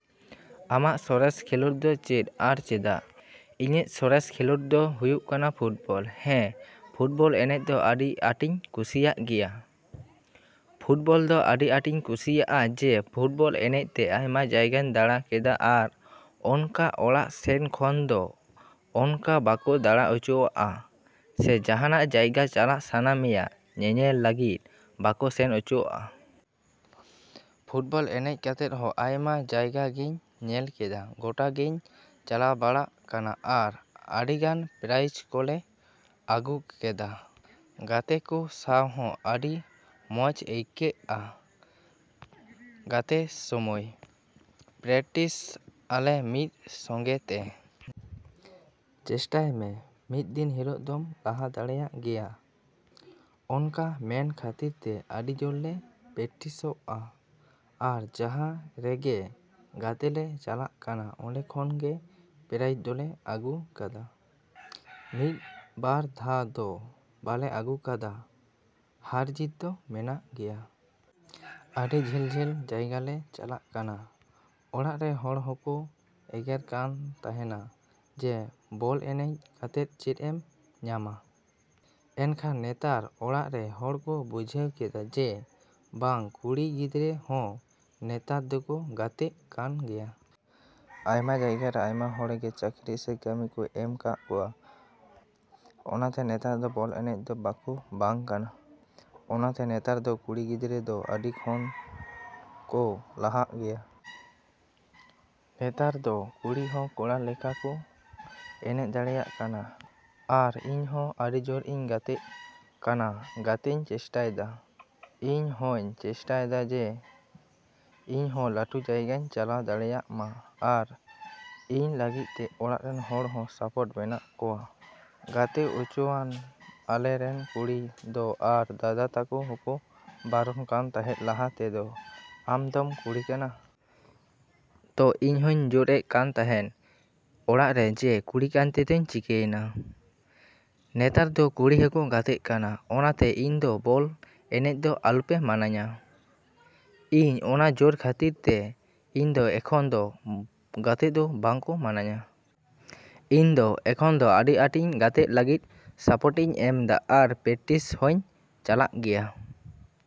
ᱟᱢᱟᱜ ᱥᱚᱨᱮᱥ ᱠᱷᱮᱞᱳᱰ ᱫᱚ ᱪᱮᱫ ᱟᱨ ᱪᱮᱫᱟᱜ? ᱤᱧᱟᱹᱜ ᱥᱚᱨᱮᱥ ᱠᱷᱮᱞᱳᱰ ᱫᱚ ᱦᱩᱭᱩᱜ ᱠᱟᱱᱟ ᱯᱷᱩᱴᱵᱚᱞ ᱦᱮᱸ ᱯᱷᱩᱴᱵᱚᱞ ᱮᱱᱮᱡ ᱫᱚ ᱟᱹᱰᱤ ᱟᱸᱴᱤᱧ ᱠᱩᱥᱤᱭᱟᱜ ᱜᱮᱭᱟ᱾ ᱯᱷᱩᱴᱵᱚᱞ ᱫᱚ ᱟᱹᱰᱤ ᱟᱸᱴᱤᱧ ᱠᱩᱥᱤᱭᱟᱜᱼᱟ ᱡᱮ ᱯᱷᱩᱴᱵᱚᱞ ᱮᱱᱮᱡ ᱛᱮ ᱟᱭᱢᱟ ᱡᱟᱭᱜᱟᱧ ᱫᱟᱬᱟ ᱠᱟᱫᱟ ᱟᱨ ᱚᱱᱠᱟ ᱚᱲᱟᱜ ᱥᱮᱫ ᱠᱷᱚᱱ ᱫᱚ ᱚᱱᱠᱟ ᱵᱟᱠᱚ ᱫᱟᱬᱟ ᱦᱚᱪᱚ ᱟᱜᱼᱟ ᱥᱮ ᱡᱟᱸᱦᱟᱱᱟᱜ ᱡᱟᱭᱜᱟ ᱪᱟᱞᱟᱜ ᱥᱟᱱᱟ ᱢᱮᱭᱟ ᱧᱮᱧᱮᱞ ᱞᱟᱹᱜᱤᱫ ᱵᱟᱠᱚ ᱥᱮᱱ ᱦᱚᱪᱚ ᱟᱜᱼᱟ᱾ ᱯᱷᱩᱴᱵᱚᱞ ᱮᱱᱮᱡ ᱠᱟᱛᱮᱜ ᱦᱚᱸ ᱟᱭᱢᱟ ᱡᱟᱭᱜᱟᱜᱤᱧ ᱧᱮᱞ ᱠᱟᱫᱟ ᱜᱳᱴᱟ ᱜᱤᱧ ᱪᱟᱞᱟᱣ ᱵᱟᱲᱟ ᱠᱟᱱᱟ ᱟᱨ ᱟᱹᱰᱤᱜᱟᱱ ᱯᱨᱟᱭᱤᱡ ᱠᱚᱞᱮ ᱟᱹᱜᱩ ᱠᱟᱫᱟ᱾ ᱜᱟᱛᱮ ᱠᱚ ᱥᱟᱶ ᱦᱚᱸ ᱟᱹᱰᱤ ᱢᱚᱸᱡ ᱟᱹᱭᱠᱟᱹᱜᱼᱟ ᱜᱟᱛᱮᱜ ᱥᱚᱢᱚᱭ᱾ ᱯᱨᱮᱠᱴᱤᱥ ᱟᱞᱮ ᱢᱤᱫ ᱥᱚᱝᱜᱮ ᱛᱮ᱾ ᱪᱮᱥᱴᱟᱭ ᱢᱮ ᱢᱤᱫ ᱫᱤᱱ ᱦᱤᱞᱳᱜ ᱫᱚᱢ ᱞᱟᱦᱟ ᱫᱟᱲᱮᱭᱟᱜ ᱜᱮᱭᱟ᱾ ᱚᱱᱠᱟ ᱢᱮᱱ ᱠᱷᱟᱹᱛᱤᱨ ᱛᱮ ᱟᱹᱰᱤ ᱡᱳᱨ ᱞᱮ ᱯᱨᱮᱠᱴᱤᱥᱚᱜᱼᱟ ᱟᱨ ᱡᱟᱸᱦᱟ ᱨᱮᱜᱮ ᱜᱟᱛᱮ ᱞᱮ ᱪᱟᱞᱟᱜ ᱠᱟᱱᱟ ᱚᱱᱰᱮ ᱠᱷᱚᱱ ᱜᱮ ᱯᱨᱟᱭᱤᱡ ᱫᱚᱞᱮ ᱟᱹᱜᱩ ᱠᱟᱫᱟ᱾ ᱢᱤᱫ ᱵᱟᱨ ᱫᱷᱟᱣ ᱫᱚ ᱵᱟᱞᱮ ᱟᱹᱜᱩ ᱠᱟᱫᱟ ᱦᱟᱨ ᱡᱤᱛ ᱫᱚ ᱢᱮᱱᱟᱜ ᱜᱮᱭᱟ᱾ ᱟᱹᱰᱤ ᱡᱷᱟᱹᱞ ᱡᱷᱟᱹᱞ ᱡᱟᱭᱜᱟ ᱞᱮ ᱪᱟᱞᱟᱣ ᱠᱟᱱᱟ᱾ ᱚᱲᱟᱜ ᱨᱮᱱ ᱦᱚᱲ ᱦᱚᱸᱠᱚ ᱮᱜᱮᱨ ᱠᱟᱱ ᱛᱟᱸᱦᱮᱱᱟ ᱡᱮ ᱵᱚᱞ ᱮᱱᱮᱡ ᱠᱟᱛᱮᱜ ᱪᱮᱫ ᱮᱢ ᱧᱟᱢᱟ? ᱮᱱᱠᱷᱟᱱ ᱱᱮᱛᱟᱨ ᱚᱲᱟᱜ ᱨᱮᱱ ᱦᱚᱲ ᱠᱚ ᱵᱩᱡᱷᱟᱹᱣ ᱠᱮᱫᱟ ᱡᱮ ᱵᱟᱝ ᱠᱩᱲᱤ ᱜᱤᱫᱽᱨᱟᱹ ᱦᱚᱸ ᱱᱮᱛᱟᱨ ᱫᱚᱠᱚ ᱜᱟᱛᱮᱜ ᱠᱟᱱ ᱜᱮᱭᱟ᱾ ᱟᱭᱢᱟ ᱡᱟᱭᱜᱟ ᱨᱮ ᱟᱭᱢᱟ ᱦᱚᱲ ᱜᱮ ᱪᱟᱹᱠᱨᱤ ᱥᱮ ᱠᱟᱹᱢᱤ ᱠᱚ ᱮᱢ ᱠᱟᱜ ᱠᱚᱣᱟ᱾ ᱚᱱᱟᱛᱮ ᱱᱮᱛᱟᱨ ᱫᱚ ᱵᱚᱞ ᱮᱱᱮᱡ ᱫᱚ ᱵᱟᱠᱚ ᱵᱟᱝ ᱠᱟᱱᱟ᱾ ᱚᱱᱟᱛᱮ ᱱᱮᱛᱟᱨ ᱫᱚ ᱠᱩᱲᱤ ᱜᱤᱫᱽᱨᱟᱹ ᱫᱚ ᱟᱹᱰᱤ ᱠᱷᱚᱱ ᱠᱚ ᱞᱟᱦᱟ ᱜᱮᱭᱟ᱾ ᱱᱮᱛᱟᱨ ᱫᱚ ᱠᱩᱲᱤ ᱦᱚᱸ ᱠᱚᱲᱟ ᱞᱮᱠᱟ ᱠᱚ ᱮᱱᱮᱡ ᱫᱟᱲᱮᱭᱟᱜ ᱠᱟᱱᱟ᱾ ᱟᱨ ᱤᱧ ᱦᱚᱸ ᱟᱹᱰᱤ ᱡᱳᱨ ᱤᱧ ᱜᱟᱛᱮᱜ ᱠᱟᱱᱟ ᱜᱟᱛᱮᱧ ᱪᱮᱥᱴᱟᱭ ᱫᱟ᱾ ᱤᱧ ᱦᱚᱧ ᱪᱮᱥᱴᱟᱭ ᱫᱟ ᱡᱮ ᱤᱧ ᱦᱚᱸ ᱞᱟᱹᱴᱩ ᱡᱟᱭᱜᱟᱧ ᱪᱟᱞᱟᱣ ᱫᱟᱲᱮᱭᱟᱜᱼᱢᱟ ᱟᱨ ᱤᱧ ᱞᱟᱹᱜᱤᱫ ᱛᱮ ᱚᱲᱟᱜ ᱨᱮᱱ ᱦᱚᱲ ᱦᱚᱸ ᱥᱟᱯᱳᱴ ᱢᱮᱱᱟᱜ ᱠᱚᱣᱟ ᱜᱟᱛᱮ ᱦᱚᱪᱚᱱᱟ ᱟᱞᱮ ᱨᱮᱱ ᱠᱩᱲᱤ ᱫᱚ ᱟᱨ ᱫᱟᱫᱟ ᱛᱟᱠᱚ ᱦᱚᱸᱠᱚ ᱵᱟᱨᱚᱱ ᱠᱟᱱ ᱛᱟᱸᱦᱮᱜ ᱞᱟᱦᱟ ᱛᱮᱫᱚ ᱟᱢ ᱫᱚᱢ ᱠᱩᱲᱤ ᱠᱟᱱᱟ᱾ ᱛᱳ ᱤᱧ ᱦᱚᱧ ᱡᱳᱨ ᱮᱜ ᱠᱟᱱ ᱛᱟᱸᱦᱮᱱ ᱚᱲᱟᱜ ᱨᱮ ᱡᱮ ᱠᱩᱲᱤ ᱠᱟᱱ ᱛᱮᱫᱳᱧ ᱪᱤᱠᱟᱭᱮᱱᱟ? ᱱᱮᱛᱟᱨ ᱫᱚ ᱠᱩᱲᱤ ᱦᱚᱸᱠᱚ ᱜᱟᱛᱮᱜ ᱠᱟᱱᱟ᱾ ᱚᱱᱟᱛᱮ ᱤᱧ ᱫᱚ ᱵᱚᱞ ᱮᱱᱮᱡ ᱫᱚ ᱟᱞᱚᱯᱮ ᱢᱟᱱᱟᱧᱟ᱾ ᱤᱧ ᱚᱱᱟ ᱡᱳᱨ ᱠᱷᱟᱹᱛᱤᱨ ᱛᱮ ᱤᱧ ᱫᱚ ᱮᱠᱷᱚᱱ ᱫᱚ ᱜᱟᱛᱮᱜ ᱫᱚ ᱵᱟᱠᱚ ᱢᱟᱱᱟᱧᱟ᱾ ᱤᱧ ᱫᱚ ᱮᱠᱷᱚᱱ ᱫᱚ ᱟᱹᱰᱤ ᱟᱸᱴᱤᱧ ᱜᱟᱛᱮᱜ ᱞᱟᱹᱜᱤᱫ ᱥᱟᱯᱳᱨᱴ ᱤᱧ ᱮᱢ ᱫᱟ ᱟᱨ ᱯᱨᱮᱠᱴᱤᱥ ᱦᱚᱧ ᱪᱟᱞᱟᱜ ᱜᱮᱭᱟ।